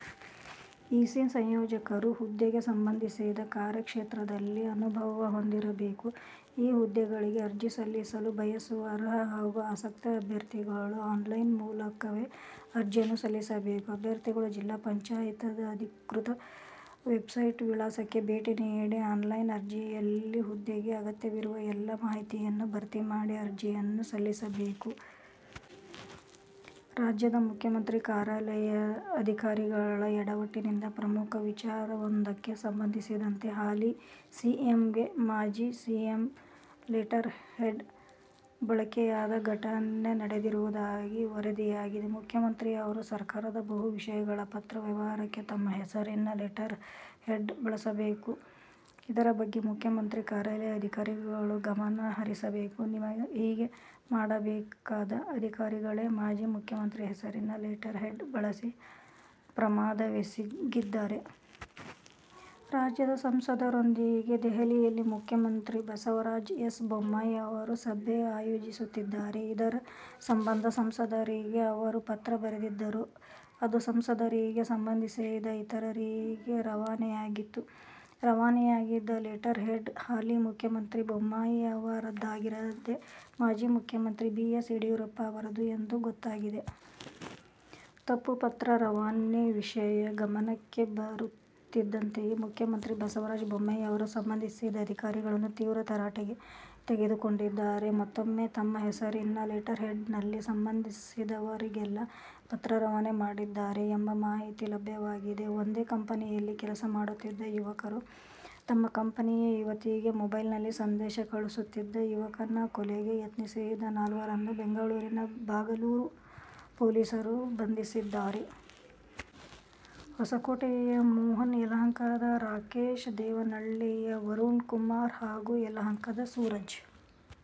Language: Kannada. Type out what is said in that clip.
ಇ. ಸಿ ಸಂಯೋಜಕರು ಹುದ್ದೆಗೆ ಸಂಬಂಧಿಸಿದ ಕಾರ್ಯಕ್ಷೇತ್ರದಲ್ಲಿ ಅನುಭವ ಹೊಂದಿರಬೇಕು ಈ ಹುದ್ದೆಗಳಿಗೆ ಅರ್ಜಿ ಸಲ್ಲಿಸಲು ಬಯಸುವ ಅರ್ಹ ಹಾಗೂ ಆಸಕ್ತ ಅಭ್ಯರ್ಥಿಗಳು ಆನ್ಲೈನ್ ಮೂಲಕವೇ ಅರ್ಜಿಯನ್ನು ಸಲ್ಲಿಸಬೇಕು. ಅಭ್ಯರ್ಥಿಗಳು ಜಿಲ್ಲಾ ಪಂಚಾಯತದ ಅಧಿಕೃತ ವೆಬ್ಸೈಟ್ ವಿಳಾಸಕ್ಕೆ ಭೇಟಿ ನೀಡಿ, ಆನ್ಲೈನ್ ಅರ್ಜಿಯಲ್ಲಿ ಹುದ್ದೆಗೆ ಅಗತ್ಯವಿರುವ ಎಲ್ಲಾ ಮಾಹಿತಿಯನ್ನು ಭರ್ತಿ ಮಾಡಿ ಅರ್ಜಿಯನ್ನು ಸಲ್ಲಿಸಬೇಕು. ರಾಜ್ಯದ ಮುಖ್ಯಮಂತ್ರಿ ಕಾರ್ಯಾಲಯ ಅಧಿಕಾರಿಗಳ ಎಡವಟ್ಟಿನಿಂದ ಪ್ರಮುಖ ವಿಚಾರವೊಂದಕ್ಕೆ ಸಂಬಂಧಿಸಿದಂತೆ ಹಾಲಿ ಸಿಎಂಗೆ ಮಾಜಿ ಸಿಎಂ ಲೆಟರ್ ಹೆಡ್ ಬಳಕೆಯಾದ ಘಟನೆ ನಡೆದಿರುವುದಾಗಿ ವರದಿಯಾಗಿದೆ. ಮುಖ್ಯಮಂತ್ರಿ ಅವರು ಸರ್ಕಾರದ ಬಹು ವಿಷಯಗಳ ಪತ್ರ ವ್ಯವಹಾರಕ್ಕೆ ತಮ್ಮ ಹೆಸರಿನ ಲೆಟರ್ ಹೆಡ್ ಬಳಸಬೇಕು. ಇದರ ಬಗ್ಗೆ ಮುಖ್ಯಮಂತ್ರಿ ಕಾರ್ಯಾಲಯ ಅಧಿಕಾರಿಗಳು ಗಮನ ಹರಿಸಬೇಕು, ಹೀಗೆ ಮಾಡಬೇಕಾದ ಅಧಿಕಾರಿಗಳೇ ಮಾಜಿ ಮುಖ್ಯಮಂತ್ರಿ ಹೆಸರಿನ ಲೆಟರ್ ಹೆಡ್ ಬಳಸಿ ಪ್ರಮಾದವೆಸಗಿದ್ದಾರೆ. ರಾಜ್ಯದ ಸಂಸದರೊಂದಿಗೆ ದೆಹಲಿಯಲ್ಲಿ ಮುಖ್ಯಮಂತ್ರಿ ಬಸವರಾಜ ಎಸ್ ಬೊಮ್ಮಾಯಿ ಅವರು ಸಭೆ ಆಯೋಜಿಸುತ್ತಿದ್ದಾರೆ. ಇದರ ಸಂಬಂಧ ಸಂಸದರಿಗೆ ಅವರು ಪತ್ರ ಬರೆದಿದ್ದರು. ಅದು ಸಂಸದರಿಗೆ, ಸಂಬಂಧಿಸಿದ ಇತರರಿಗೆ ರವಾನೆಯಾಗಿತ್ತು. ರವಾನೆಯಾಗಿದ್ದ ಲೆಟರ್ ಹೆಡ್ ಹಾಲಿ ಮುಖ್ಯಮಂತ್ರಿ ಬೊಮ್ಮಾಯಿ ಅವರದ್ದಾಗಿರದೇ ಮಾಜಿ ಮುಖ್ಯಮಂತ್ರಿ ಬಿ. ಎಸ್. ಯಡಿಯೂರಪ್ಪ ಅವರದು ಎಂದು ಗೊತ್ತಾಗಿದೆ. ತಪ್ಪು ಪತ್ರ ರವಾನೆ ವಿಷಯ ಗಮನಕ್ಕೆ ಬರುತ್ತಿದ್ದಂತೆಯೇ ಮುಖ್ಯಮಂತ್ರಿ ಬಸವರಾಜ ಬೊಮ್ಮಾಯಿ ಅವರು ಸಂಬಂಧಿಸಿದ ಅಧಿಕಾರಿಗಳನ್ನು ತೀವ್ರ ತರಾಟೆಗೆ ತೆಗೆದುಕೊಂಡಿದ್ದಾರೆ. ಮತ್ತೊಮ್ಮೆ ತಮ್ಮ ಹೆಸರಿನ ಲೆಟರ್ ಹೆಡ್ ನಲ್ಲಿ ಸಂಬಂಧಿಸಿದವರಿಗೆಲ್ಲ ಪತ್ರ ರವಾನೆ ಮಾಡಿದ್ದಾರೆ ಎಂಬ ಮಾಹಿತಿ ಲಭ್ಯವಾಗಿದೆ. ಒಂದೇ ಕಂಪನಿಯಲ್ಲಿ ಕೆಲಸ ಮಾಡುತ್ತಿದ್ದ ಯುವಕರು ತಮ್ಮ ಕಂಪನಿಯ ಯುವತಿಗೆ ಮೊಬೈಲ್ ನಲ್ಲಿ ಸಂದೇಶ ಕಳುಹಿಸುತ್ತಿದ್ದ ಯುವಕನ ಕೊಲೆಗೆ ಯತ್ನಿಸಿದ ನಾಲ್ವರನ್ನು ಬೆಂಗಳೂರಿನ ಬಾಗಲೂರು ಪೊಲೀಸರು ಬಂಧಿಸಿದ್ದಾರೆ. ಹೊಸಕೋಟೆಯ ಮೋಹನ್, ಯಲಹಂಕದ ರಾಕೇಶ್, ದೇವನಹಳ್ಳಿಯ ವರುಣ್ ಕುಮಾರ್ ಹಾಗೂ ಯಲಹಂಕದ ಸೂರಜ್